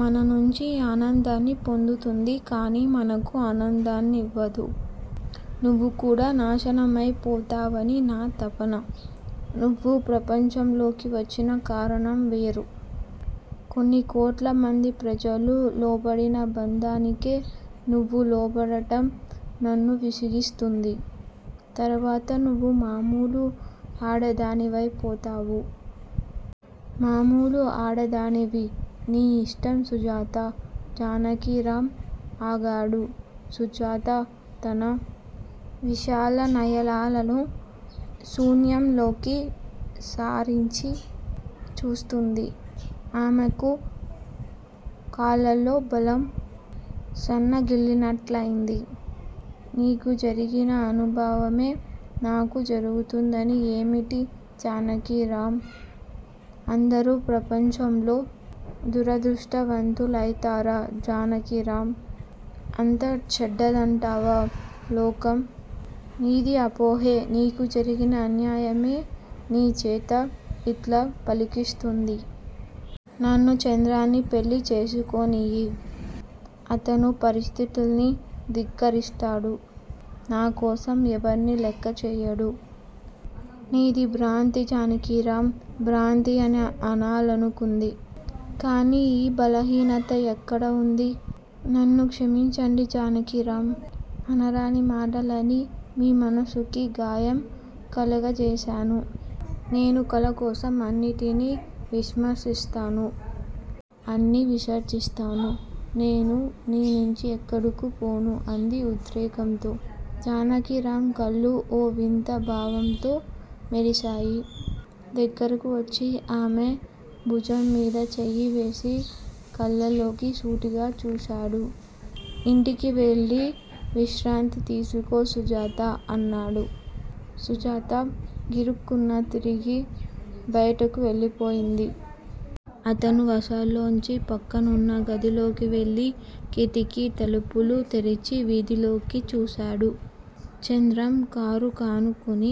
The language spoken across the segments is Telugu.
మన నుంచి ఆనందాన్ని పొందుతుంది. కాని మనకు ఆనందాన్నివ్వదు. నువ్వు కూడా నాశనమై పోతావని నా తపన. నువ్వు ప్రపంచంలోకి వచ్చిన కారణం వేరు. కొన్ని కోట్ల మంది ప్రజలు లోబడిన బంధానికే నువ్వూ లోబడటం నన్ను విసిగిస్తుంది. తర్వాత నువ్వు మామూలు ఆడదానివై పోతావు. మామూలు ఆడదానివి. నీ ఇష్టం సుజాతా. జానకిరాం ఆగాడు. సుజాత తన విశాలనయనాలను శూన్యంలోకి సారించి చూస్తోంది. ఆమెకు కాళ్ళలో బలం సన్నగిల్లినట్లయింది. 'నీకు జరిగిన అనుభవమే నాకు జరుగుతుందని ఏమిటి జానకిరాం? అందరూ ప్రపంచంలో దురదృష్టవంతులౌతారా జానకిరాం? అంత చెడ్డదంటావా లోకం? నీది అపోహే నీకు జరిగిన అన్యాయమే నీ చేత యిట్లా పలికిస్తోంది. నన్ను చంద్రాన్ని పెళ్ళి చేసుకోనియ్యి. అతను పరిస్థితుల్ని ధిక్కరిస్తాడు. నాకోసం ఎవర్నీ లెక్కచెయ్యడు. నీది భ్రాంతి జానకిరాం భ్రాంతి' అని అనాలనుకుంది. కాని ఈ బలహీనత ఎక్కడ ఉంది? నన్ను క్షమించండి జానకిరాం. అనరాని మాటలని మీ మనసుకి గాయం కలుగజేశాను. నేను కళ కోసం అన్నిటినీ విస్మసిస్తాను. అన్నీ విసర్జిస్తాను. నేను నీ నుంచి ఎక్కడకు పోను అంది ఉద్రేకంతో. జానకిరాం కళ్ళు ఓ వింత భావంతో మెరిశాయి. దగ్గరకు వచ్చి ఆమె భుజంమీద చెయ్యివేసి కళ్ళలోకి సూటిగా చూశాడు. ఇంటికి వెళ్ళి విశ్రాంతి తీసుకో సుజాతా! ' అన్నాడు. సుజాత గిరుక్కున తిరిగి బయటకు వెళ్ళిపోయింది. అతను వసారాలోంచి ప్రక్కనున్న గదిలోకి వెళ్ళి కిటికీ తలుపులు తెరిచి వీధిలోకి చూశాడు. చంద్రం కారుకానుకుని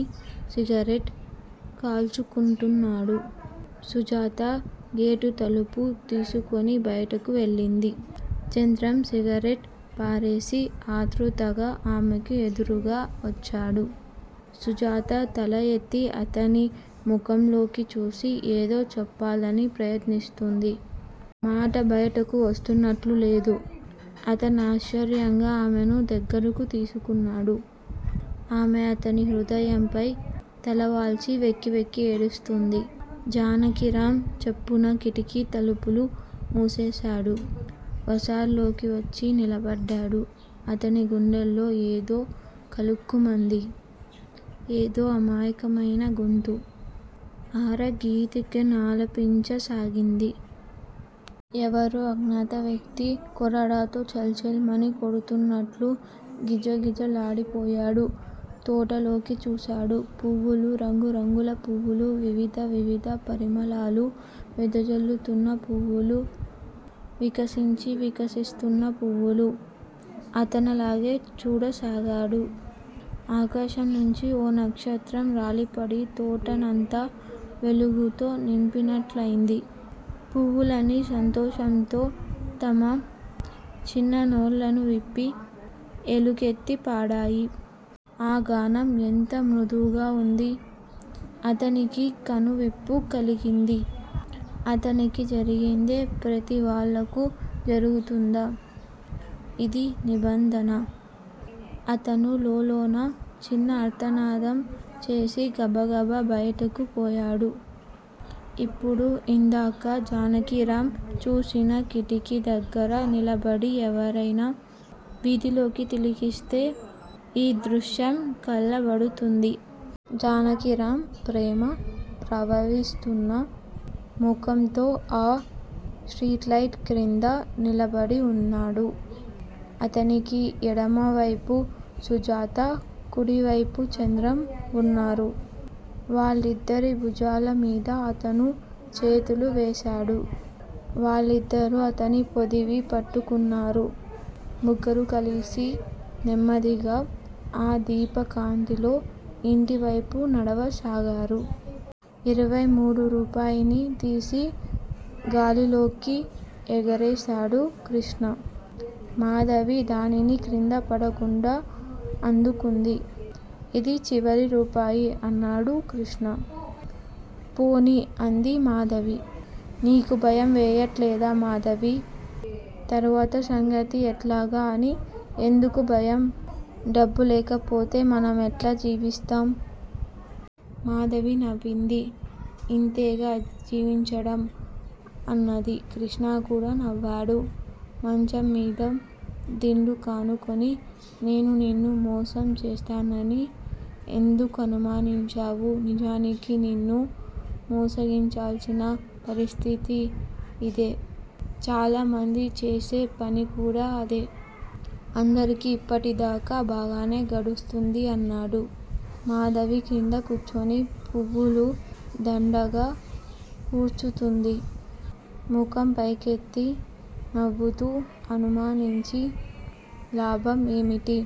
సిగరెట్ కాల్చుకుంటున్నాడు. సుజాత గేటు తలుపు తీసుకుని బయటకు వెళ్ళింది. చంద్రం సిగరెట్ పారేసి ఆతృతగా ఆమెకు ఎదురుగా వచ్చాడు. సుజాత తల ఎత్తి అతని ముఖంలోకి చూసి ఏదో చెప్పాలని ప్రయత్నిస్తోంది. మాట బయటకు వస్తున్నట్లు లేదు. అతనాశ్చర్యంగా ఆమెను దగ్గరకు తీసుకున్నాడు. ఆమె అతని హృదయంపై తలవాల్చి వెక్కి వెక్కి ఏడుస్తోంది. జానకిరాం చప్పున కిటికీ తలుపులు మూసేశాడు. వసారాలోకి వచ్చి నిలబడ్డాడు. అతని గుండెలో ఏదో కలుక్కుమంది. ఏదో అమాయకమైన గొంతు. ఆర గీతికనాలపించ సాగింది. ఎవరో అజ్ఞాత వ్యక్తి కొరడాతో ఛళ్ ఛళ్ మని కొడుతున్నట్లు గిజ గిజలాడిపోయాడు. తోటలోకి చూశాడు. పువ్వులు-రంగురంగుల పువ్వులు. వివిధ వివిధ పరిమళాలు వెదజల్లుతోన్న పువ్వులు, వికసించి వికసిస్తోన్న పువ్వులు. అతనలాగే చూడసాగాడు. ఆకాశంనుంచి ఓ నక్షత్రం రాలిపడి తోటనంతా వెలుగుతో నింపినట్లయింది. పువ్వులన్నీ సంతోషంతో తమ చిన్ననోళ్ళను విప్పి ఎలుగెత్తి పాడాయి. ఆ గానం ఎంత మృదువుగా వుంది? అతనికి కనువిప్పు కలిగింది. తనకి జరిగిందే ప్రతి వాళ్ళకూ జరుగుతుందా? ఇది నిబంధనా? అతను లోలోన చిన్న ఆర్తనాదం చేసి గబగబ బయటకు పోయాడు. ఇప్పుడు యిందాక జానకిరాం చూసిన కిటికీ దగ్గర నిలబడి ఎవరైనా వీధిలోకి తిలకిస్తే ఈ దృశ్యం కళ్ళబడుతుంది. జానకిరాం ప్రేమ ప్రభవిస్తూన్న ముఖంతో ఆ స్ట్రీట్ లైట్ క్రింద నిలబడి వున్నాడు. అతనికి ఎడమవైపు సుజాతా, కుడివైపు చంద్రం వున్నారు. వాళ్ళిద్దరి భుజాల మీదా అతను చేతులు వేశాడు. వాళ్ళిద్దరూ అతన్ని పొదివి పట్టుకున్నారు. ముగ్గురూ కలిసి నెమ్మదిగా ఆ దీప కాంతిలో యింటి వైపు నడవసాగారు. ఇరవై మూడు రూపాయిని తీసి గాలిలోకి ఎగరేశాడు కృష్ణ. మాధవి దానిని క్రింద పడకుండా అందుకుంది. 'ఇది చివరి రూపాయి' అన్నాడు కృష్ణ. పోనీ! అంది మాధవి. నీకు భయం వెయ్యటల్లేదా మాధవీ! తర్వాత సంగతి ఎట్లాగా అని ఎందుకూ భయం? డబ్బు లేకపోతే మనమెట్లా జీవిస్తాం? మాధవి నవ్వింది. ఇంతేగా జీవించడం అన్నది. కృష్ణ కూడా నవ్వాడు. మంచం మీద దిండుకానుకుని 'నేను నిన్ను మోసం చేస్తానని ఎందుకనుమానించావు? నిజానికి నిన్ను మోసగించాల్సిన పరిస్థితి యిదే. చాలామంది చేసే పని కూడా అదే. అందరికీ యిప్పటి దాకా బాగానే గడుస్తుంది' అన్నాడు. మాధవి క్రింద కూర్చుని పువ్వులు దండగా గ్రుచ్చుతోంది. ముఖం పైకెత్తి నవ్వుతూ 'అనుమానించి లాభం ఏమిటి?